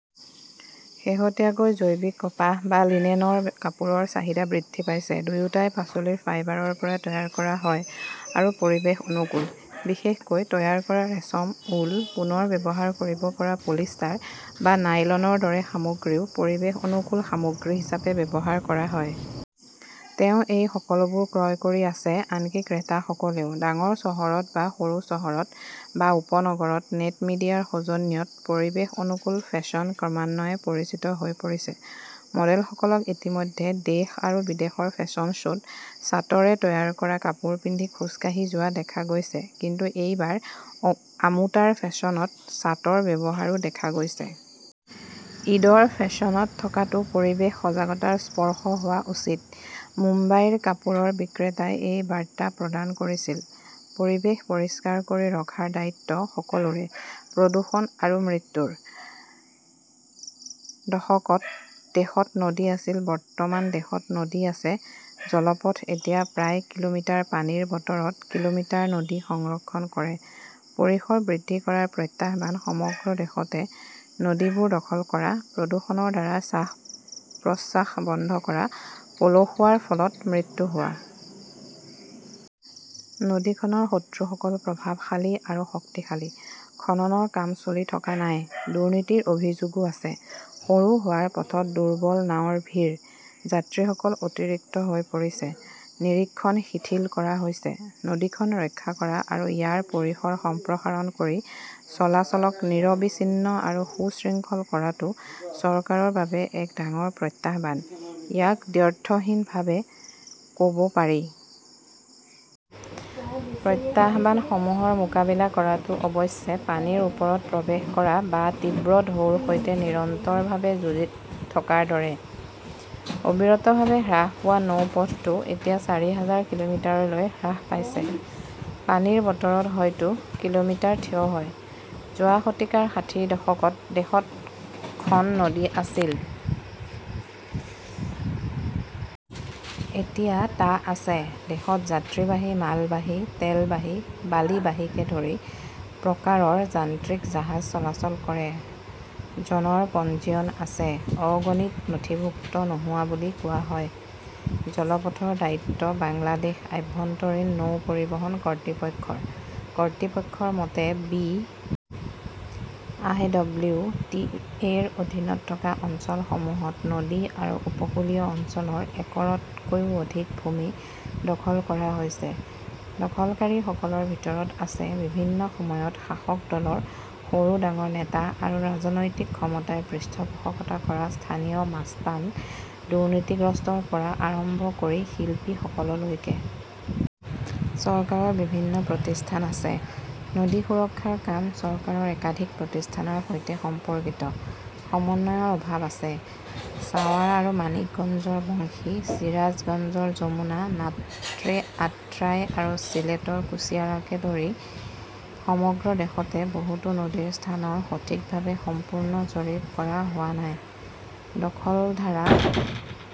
শেহতীয়াকৈ জৈৱিক কপাহ বা লিনেনৰ কাপোৰৰ চাহিদা বৃদ্ধি পাইছে। দুয়োটাই পাচলিৰ ফাইবাৰৰ পৰা তৈয়াৰ কৰা হয় আৰু পৰিৱেশ অনুকূল। বিশেষকৈ তৈয়াৰ কৰা ৰেচম, উল, পুনৰ ব্যৱহাৰ কৰিব পৰা পলিষ্টাৰ বা নাইলনৰ দৰে সামগ্ৰীও পৰিৱেশ অনুকূল সামগ্ৰী হিচাপে ব্যৱহাৰ কৰা হয়। তেওঁ এই সকলোবোৰ ক্ৰয় কৰি আছে, আনকি ক্ৰেতাসকলেও। ডাঙৰ চহৰত বা সৰু চহৰত বা উপনগৰত নেট মিডিয়াৰ সৌজন্যত পৰিৱেশ-অনুকূল ফেশ্বন ক্ৰমান্বয়ে পৰিচিত হৈ পৰিছে। মডেলসকলক ইতিমধ্যে দেশ আৰু বিদেশৰ ফেশ্বন শ্ব 'ত চাটৰে তৈয়াৰ কৰা কাপোৰ পিন্ধি খোজ কাঢ়ি যোৱা দেখা গৈছে, কিন্তু এইবাৰ আমোটাৰ ফেশ্বনত চাটৰ ব্যৱহাৰো দেখা গৈছে। ঈদৰ ফেশ্বনত থকাটো পৰিৱেশ সজাগতাৰ স্পৰ্শ হোৱা উচিত-মুম্বাইৰ কাপোৰৰ বিক্ৰেতাই এই বাৰ্তা প্ৰদান কৰিছিল। পৰিৱেশ পৰিষ্কাৰ কৰি ৰখাৰ দায়িত্ব সকলোৰে প্ৰদূষণ আৰু মৃত্যুৰ। -ৰ দশকত দেশত নদী আছিল বৰ্তমান দেশত নদী আছে জলপথ এতিয়া প্ৰায় কিলোমিটাৰ পানীৰ বতৰত কিলোমিটাৰ নদী সংৰক্ষণ কৰে, পৰিসৰ বৃদ্ধি কৰাৰ প্ৰত্যাহ্বান সমগ্ৰ দেশতে নদীবোৰ দখল কৰা, প্ৰদূষণৰ দ্বাৰা শ্বাস-প্ৰশ্বাস বন্ধ কৰা, পলসুৱাৰ ফলত মৃত্যু হোৱা। নদীখনৰ শত্ৰুসকল প্ৰভাৱশালী আৰু শক্তিশালী। খননৰ কাম চলি থকা নাই, দুৰ্নীতিৰ অভিযোগও আছে। সৰু হোৱাৰ পথত দুৰ্বল নাওৰ ভিৰ। যাত্ৰীসকল অতিৰিক্ত হৈ পৰিছে। নিৰীক্ষণ শিথিল কৰা হৈছে। নদীখন ৰক্ষা কৰা আৰু ইয়াৰ পৰিসৰ সম্প্ৰসাৰণ কৰি চলাচলক নিৰবিচ্ছিন্ন আৰু সুশৃঙ্খল কৰাটো চৰকাৰৰ বাবে এক ডাঙৰ প্ৰত্যাহ্বান-ইয়াক দ্ব্যৰ্থহীনভাৱে ক "ব পাৰি। প্ৰত্যাহ্বানসমূহৰ মোকাবিলা কৰাটো অৱশ্যে পানীৰ ওপৰত প্ৰৱেশ কৰা বা তীব্ৰ ঢৌৰ সৈতে নিৰন্তৰভাৱে যুঁজি থকাৰ দৰে। অবিৰতভাৱে হ্ৰাস পোৱা নৌপথটো এতিয়া চাৰি হাজাৰ কিলোমিটাৰলৈ হ্ৰাস পাইছে। পানীৰ বতৰত হয়তো, কিলোমিটাৰ থিয় হয়। যোৱা শতিকাৰ ষাঠিৰ দশকত দেশত খন নদী আছিল। এতিয়া টা আছে। দেশত যাত্ৰীবাহী, মালবাহী, তেলবাহী, বালিবাহীকে ধৰি প্ৰকাৰৰ যান্ত্ৰিক জাহাজ চলাচল কৰে।, জনৰ পঞ্জীয়ন আছে। অগণিত নথিভুক্ত নোহোৱা বুলি কোৱা হয়। জলপথৰ দায়িত্ব বাংলাদেশ আভ্যন্তৰীণ নৌ পৰিবহণ কৰ্তৃপক্ষৰ। কৰ্তৃপক্ষৰ মতে, B. I. W. T. A. -ৰ অধীনত থকা অঞ্চলসমূহত নদী আৰু উপকূলীয় অঞ্চলৰ একৰতকৈও অধিক ভূমি দখল কৰা হৈছে। দখলকাৰীসকলৰ ভিতৰত আছে বিভিন্ন সময়ত শাসক দলৰ সৰু ডাঙৰ নেতা আৰু ৰাজনৈতিক ক্ষমতাৰ পৃষ্ঠপোষকতা কৰা স্থানীয় মাস্তান-দুৰ্নীতিগ্ৰস্তৰ পৰা আৰম্ভ কৰি শিল্পীসকললৈকে। চৰকাৰৰ বিভিন্ন প্ৰতিষ্ঠান আছে। নদী সুৰক্ষাৰ কাম চৰকাৰৰ একাধিক প্ৰতিষ্ঠানৰ সৈতে সম্পৰ্কিত। সমন্বয়ৰ অভাৱ আছে। সাৱাৰ আৰু মানিকগঞ্জৰ বংশী, চিৰাজগঞ্জৰ যমুনা, নাটৰে আট্ৰাই আৰু চিলেটৰ কুশিয়াৰাকে ধৰি সমগ্ৰ দেশতে বহুতো নদীৰ স্থানৰ সঠিকভাৱে সম্পূৰ্ণ জৰীপ কৰা হোৱা নাই। দখলধাৰা